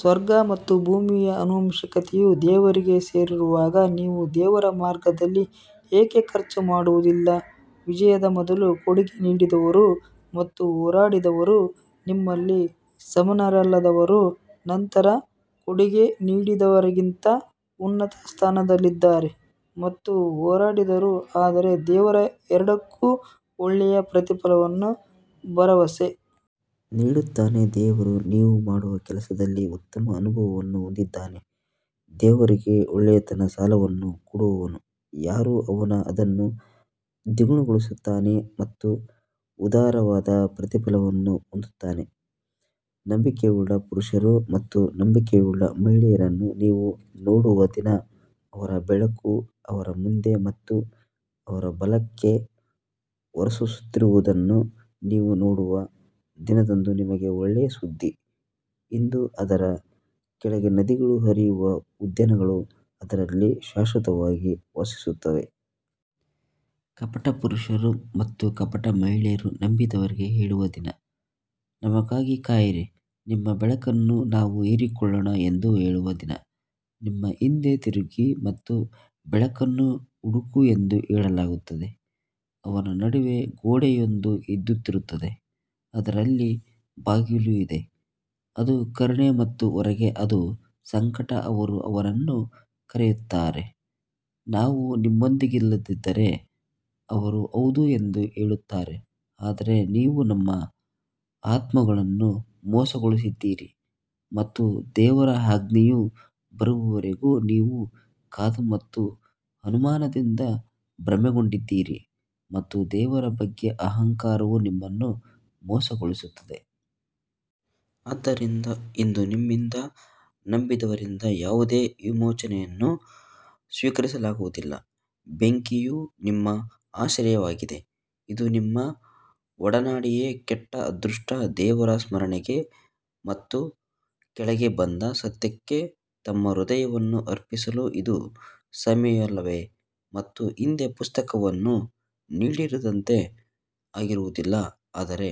ಸ್ವರ್ಗ ಮತ್ತು ಭೂಮಿಯ ಆನುವಂಶಿಕತೆಯು ದೇವರಿಗೆ ಸೇರಿರುವಾಗ ನೀವು ದೇವರ ಮಾರ್ಗದಲ್ಲಿ ಏಕೆ ಖರ್ಚು ಮಾಡುವುದಿಲ್ಲ, ವಿಜಯದ ಮೊದಲು ಕೊಡುಗೆ ನೀಡಿದವರು ಮತ್ತು ಹೋರಾಡಿದವರು ನಿಮ್ಮಲ್ಲಿ ಸಮಾನರಲ್ಲದವರು ನಂತರ ಕೊಡುಗೆ ನೀಡಿದವರಿಗಿಂತ ಉನ್ನತ ಸ್ಥಾನದಲ್ಲಿದ್ದಾರೆ ಮತ್ತು ಹೋರಾಡಿದರು ಆದರೆ ದೇವರು ಎರಡಕ್ಕೂ ಒಳ್ಳೆಯ ಪ್ರತಿಫಲವನ್ನು ಭರವಸೆ ನೀಡುತ್ತಾನೆ ದೇವರು ನೀವು ಮಾಡುವ ಕೆಲಸದಲ್ಲಿ ಉತ್ತಮ ಅನುಭವವನ್ನು ಹೊಂದಿದ್ದಾನೆ ದೇವರಿಗೆ ಒಳ್ಳೆಯತನದ ಸಾಲವನ್ನು ಕೊಡುವವನು ಯಾರು, ಅವನು ಅದನ್ನು ದ್ವಿಗುಣಗೊಳಿಸುತ್ತಾನೆ ಮತ್ತು ಉದಾರವಾದ ಪ್ರತಿಫಲವನ್ನು ಹೊಂದುತ್ತಾನೆ ನಂಬಿಕೆಯುಳ್ಳ ಪುರುಷರು ಮತ್ತು ನಂಬಿಕೆಯುಳ್ಳ ಮಹಿಳೆಯರನ್ನು ನೀವು ನೋಡುವ ದಿನ ಅವರ ಬೆಳಕು ಅವರ ಮುಂದೆ ಮತ್ತು ಅವರ ಬಲಕ್ಕೆ ಹೊರಸೂಸುತ್ತಿರುವುದನ್ನು ನೀವು ನೋಡುವ ದಿನದಂದು ನಿಮಗೆ ಒಳ್ಳೆಯ ಸುದ್ದಿ ಇಂದು ಅದರ ಕೆಳಗೆ ನದಿಗಳು ಹರಿಯುವ ಉದ್ಯಾನಗಳು ಅದರಲ್ಲಿ ಶಾಶ್ವತವಾಗಿ ವಾಸಿಸುತ್ತವೆ. ಕಪಟ ಪುರುಷರು ಮತ್ತು ಕಪಟ ಮಹಿಳೆಯರು ನಂಬಿದವರಿಗೆ ಹೇಳುವ ದಿನ ನಮಗಾಗಿ ಕಾಯಿರಿ ನಿಮ್ಮ ಬೆಳಕನ್ನು ನಾವು ಹೀರಿಕೊಳ್ಳೋಣ ಎಂದು ಹೇಳುವ ದಿನ ನಿಮ್ಮ ಹಿಂದೆ ಹಿಂತಿರುಗಿ ಮತ್ತು ಬೆಳಕನ್ನು ಹುಡುಕು ಎಂದು ಹೇಳಲಾಗುತ್ತದೆ ಅವರ ನಡುವೆ ಗೋಡೆಯೊಂದು ಎದ್ದಿರುತ್ತದೆ ಅದರಲ್ಲಿ ಬಾಗಿಲು ಇದೆ. ಅದು ಕರುಣೆ ಮತ್ತು ಹೊರಗೆ ಅದು ಸಂಕಟ ಅವರು ಅವರನ್ನು ಕರೆಯುತ್ತಾರೆ, ನಾವು ನಿಮ್ಮೊಂದಿಗಿಲ್ಲದಿದ್ದರೆ ಅವರು ಹೌದು ಎಂದು ಹೇಳುತ್ತಾರೆ ಆದರೆ ನೀವು ನಿಮ್ಮ ಆತ್ಮಗಳನ್ನು ಮೋಸಗೊಳಿಸಿದ್ದೀರಿ ಮತ್ತು ದೇವರ ಆಜ್ಞೆಯು ಬರುವವರೆಗೂ ನೀವು ಕಾದು ಮತ್ತು ಅನುಮಾನದಿಂದ ಭ್ರಮೆಗೊಂಡಿದ್ದೀರಿ ಮತ್ತು ದೇವರ ಬಗ್ಗೆ ಅಹಂಕಾರವು ನಿಮ್ಮನ್ನು ಮೋಸಗೊಳಿಸುತ್ತದೆ. ಆದ್ದರಿಂದ ಇಂದು ನಿಮ್ಮಿಂದ ಅಥವಾ ನಂಬದವರಿಂದ ಯಾವುದೇ ವಿಮೋಚನೆಯನ್ನು ಸ್ವೀಕರಿಸಲಾಗುವುದಿಲ್ಲ, ಬೆಂಕಿಯು ನಿಮ್ಮ ಆಶ್ರಯವಾಗಿದೆ, ಇದು ನಿಮ್ಮ ಒಡನಾಡಿಯೇ ಕೆಟ್ಟ ಅದೃಷ್ಟ ದೇವರ ಸ್ಮರಣೆಗೆ ಮತ್ತು ಕೆಳಗೆ ಬಂದ ಸತ್ಯಕ್ಕೆ ತಮ್ಮ ಹೃದಯವನ್ನು ಅರ್ಪಿಸಲು ಇದು ಸಮಯವಲ್ಲವೇ ಮತ್ತು ಹಿಂದೆ ಪುಸ್ತಕವನ್ನು ನೀಡಿದವರಂತೆ ಆಗುವುದಿಲ್ಲ ಆದರೆ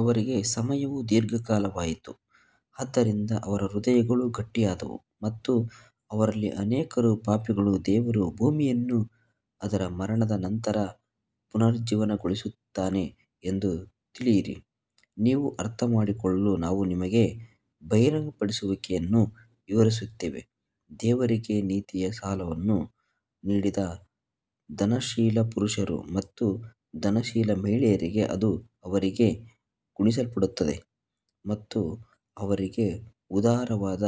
ಅವರಿಗೆ ಸಮಯವು ದೀರ್ಘವಾಯಿತು ಆದ್ದರಿಂದ ಅವರ ಹೃದಯಗಳು ಗಟ್ಟಿಯಾದವು ಮತ್ತು ಅವರಲ್ಲಿ ಅನೇಕರು ಪಾಪಿಗಳು ದೇವರು ಭೂಮಿಯನ್ನು ಅದರ ಮರಣದ ನಂತರ ಪುನರುಜ್ಜೀವನಗೊಳಿಸುತ್ತಾನೆ ಎಂದು ತಿಳಿಯಿರಿ, ನೀವು ಅರ್ಥಮಾಡಿಕೊಳ್ಳಲು ನಾವು ನಿಮಗೆ ಬಹಿರಂಗಪಡಿಸುವಿಕೆಯನ್ನು ವಿವರಿಸುತ್ತೇವೆ ದೇವರಿಗೆ ನೀತಿಯ ಸಾಲವನ್ನು ನೀಡಿದ ದಾನಶೀಲ ಪುರುಷರು ಮತ್ತು ದಾನಶೀಲ ಮಹಿಳೆಯರಿಗೆ ಅದು ಅವರಿಗೆ ಗುಣಿಸಲ್ಪಡುತ್ತದೆ ಮತ್ತು ಅವರಿಗೆ ಉದಾರವಾದ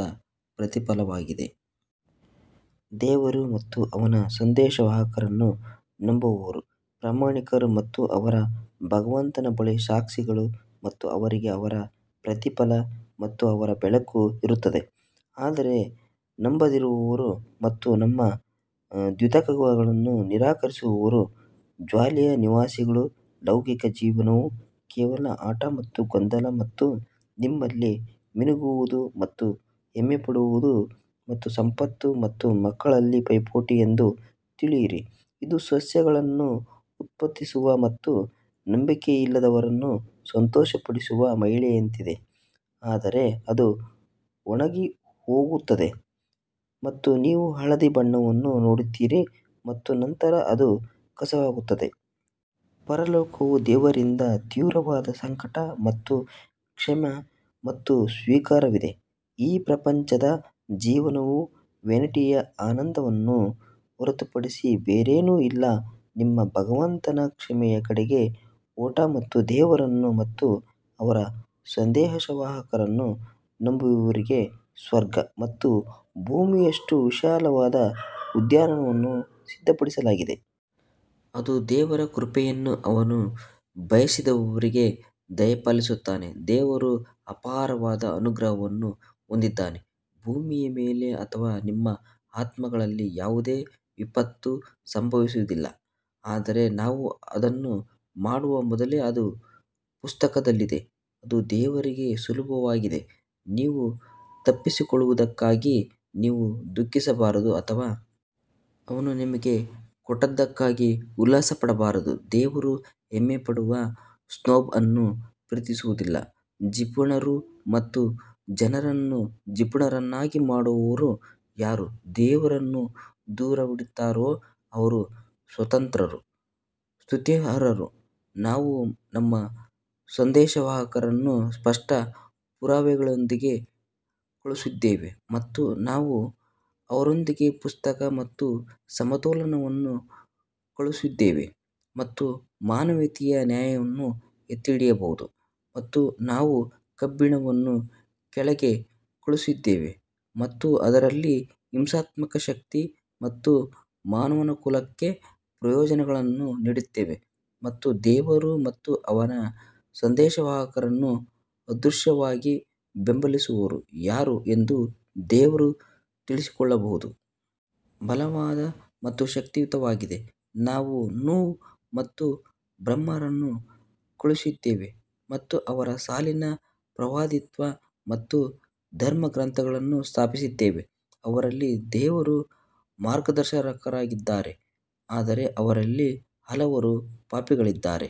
ಪ್ರತಿಫಲವಾಗಿದೆ. ದೇವರು ಮತ್ತು ಅವನ ಸಂದೇಶವಾಹಕರನ್ನು ನಂಬುವವರು ಪ್ರಾಮಾಣಿಕರು ಮತ್ತು ಅವರ ಭಗವಂತನ ಬಳಿ ಸಾಕ್ಷಿಗಳು ಮತ್ತು ಅವರಿಗೆ ಅವರ ಪ್ರತಿಫಲ ಮತ್ತು ಅವರ ಬೆಳಕು ಇರುತ್ತದೆ ಆದರೆ ನಂಬದಿರುವವರು ಮತ್ತು ನಮ್ಮ ದ್ಯೋತಕಗಳನ್ನು ನಿರಾಕರಿಸುವವರು ಜ್ವಾಲೆಯ ನಿವಾಸಿಗಳು. ಲೌಕಿಕ ಜೀವನವು ಕೇವಲ ಆಟ ಮತ್ತು ಗೊಂದಲ ಮತ್ತು ನಿಮ್ಮಲ್ಲಿ ಮಿನುಗುವುದು ಮತ್ತು ಹೆಮ್ಮೆಪಡುವುದು ಮತ್ತು ಸಂಪತ್ತು ಮತ್ತು ಮಕ್ಕಳಲ್ಲಿ ಪೈಪೋಟಿ ಎಂದು ತಿಳಿಯಿರಿ ಇದು ಸಸ್ಯಗಳನ್ನು ಉತ್ಪಾದಿಸುವ ಮತ್ತು ನಂಬಿಕೆಯಿಲ್ಲದವರನ್ನು ಸಂತೋಷಪಡಿಸುವ ಮಳೆಯಂತಿದೆ ಆದರೆ ಅದು ಒಣಗಿಹೋಗುತ್ತದೆ ಮತ್ತು ನೀವು ಹಳದಿ ಬಣ್ಣವನ್ನು ನೋಡುತ್ತೀರಿ ಮತ್ತು ನಂತರ ಅದು ಕಸವಾಗುತ್ತದೆ. ಪರಲೋಕವು ದೇವರಿಂದ ತೀವ್ರವಾದ ಸಂಕಟ ಮತ್ತು ಕ್ಷಮೆ ಮತ್ತು ಸ್ವೀಕಾರವಿದೆ ಈ ಪ್ರಪಂಚದ ಜೀವನವು ವ್ಯಾನಿಟಿಯ ಆನಂದವನ್ನು ಹೊರತುಪಡಿಸಿ ಬೇರೇನೂ ಅಲ್ಲ ನಿಮ್ಮ ಭಗವಂತನ ಕ್ಷಮೆಯ ಕಡೆಗೆ ಓಟ ಮತ್ತು ದೇವರನ್ನು ಮತ್ತು ಅವನ ಸಂದೇಶವಾಹಕರನ್ನು ನಂಬುವವರಿಗೆ ಸ್ವರ್ಗ ಮತ್ತು ಭೂಮಿಯಷ್ಟು ವಿಶಾಲವಾದ ಉದ್ಯಾನವನ್ನು ಸಿದ್ಧಪಡಿಸಲಾಗಿದೆ, ಅದು ದೇವರ ಕೃಪೆಯನ್ನು ಅವನು ಬಯಸಿದವರಿಗೆ ದಯಪಾಲಿಸುತ್ತಾನೆ ದೇವರು ಅಪಾರವಾದ ಅನುಗ್ರಹವನ್ನು ಹೊಂದಿದ್ದಾನೆ ಭೂಮಿಯ ಮೇಲೆ ಅಥವಾ ನಿಮ್ಮ ಆತ್ಮಗಳಲ್ಲಿ ಯಾವುದೇ ವಿಪತ್ತು ಸಂಭವಿಸುವುದಿಲ್ಲ ಆದರೆ ನಾವು ಅದನ್ನು ಮಾಡುವ ಮೊದಲೇ ಅದು ಪುಸ್ತಕದಲ್ಲಿದೆ, ಅದು ದೇವರಿಗೆ ಸುಲಭವಾಗಿದೆ ನೀವು ತಪ್ಪಿಸಿಕೊಳ್ಳುವದಕ್ಕಾಗಿ ನೀವು ದುಃಖಿಸಬಾರದು ಅಥವಾ ಅವನು ನಿಮಗೆ ಕೊಟ್ಟದ್ದಕ್ಕಾಗಿ ಉಲ್ಲಾಸಪಡಬಾರದು, ದೇವರು ಹೆಮ್ಮೆಪಡುವ ಸ್ನೋಬ್ ಅನ್ನು ಪ್ರೀತಿಸುವುದಿಲ್ಲ ಜಿಪುಣರು ಮತ್ತು ಜನರನ್ನು ಜಿಪುಣರನ್ನಾಗಿ ಮಾಡುವವರು ಯಾರು ದೇವರನ್ನು ದೂರವಿಡುತ್ತಾರೋ ಅವರು ಸ್ವತಂತ್ರರು ಸ್ತುತ್ಯರ್ಹರು ನಾವು ನಮ್ಮ ಸಂದೇಶವಾಹಕರನ್ನು ಸ್ಪಷ್ಟ ಪುರಾವೆಗಳೊಂದಿಗೆ ಕಳುಹಿಸಿದ್ದೇವೆ ಮತ್ತು ನಾವು ಅವರೊಂದಿಗೆ ಪುಸ್ತಕ ಮತ್ತು ಸಮತೋಲನವನ್ನು ಕಳುಹಿಸಿದ್ದೇವೆ ಮತ್ತು ಮಾನವೀಯತೆಯು ನ್ಯಾಯವನ್ನು ಎತ್ತಿಹಿಡಿಯಬಹುದು ಮತ್ತು ನಾವು ಕಬ್ಬಿಣವನ್ನು ಕೆಳಗೆ ಕಳುಹಿಸಿದ್ದೇವೆ ಮತ್ತು ಅದರಲ್ಲಿ ಹಿಂಸಾತ್ಮಕ ಶಕ್ತಿ ಮತ್ತು ಮಾನವಕುಲಕ್ಕೆ ಪ್ರಯೋಜನಗಳನ್ನು ನೀಡುತ್ತೇವೆ ಮತ್ತು ದೇವರು ಮತ್ತು ಅವನ ಸಂದೇಶವಾಹಕರನ್ನು ಅದೃಶ್ಯವಾಗಿ ಬೆಂಬಲಿಸುವವರು ಯಾರು ಎಂದು ದೇವರು ತಿಳಿದುಕೊಳ್ಳಬಹುದು. ಬಲವಾದ ಮತ್ತು ಶಕ್ತಿಯುತವಾಗಿದೆ ನಾವು ನೂಹ್ ಮತ್ತು ಅಬ್ರಹಾಮರನ್ನು ಕಳುಹಿಸಿದ್ದೇವೆ ಮತ್ತು ಅವರ ಸಾಲಿನಲ್ಲಿ ಪ್ರವಾದಿತ್ವ ಮತ್ತು ಧರ್ಮಗ್ರಂಥಗಳನ್ನು ಸ್ಥಾಪಿಸಿದ್ದೇವೆ ಅವರಲ್ಲಿ ಕೆಲವರು ಮಾರ್ಗದರ್ಶಕರಾಗಿದ್ದಾರೆ ಆದರೆ ಅವರಲ್ಲಿ ಹಲವರು ಪಾಪಿಗಳಾಗಿದ್ದಾರೆ.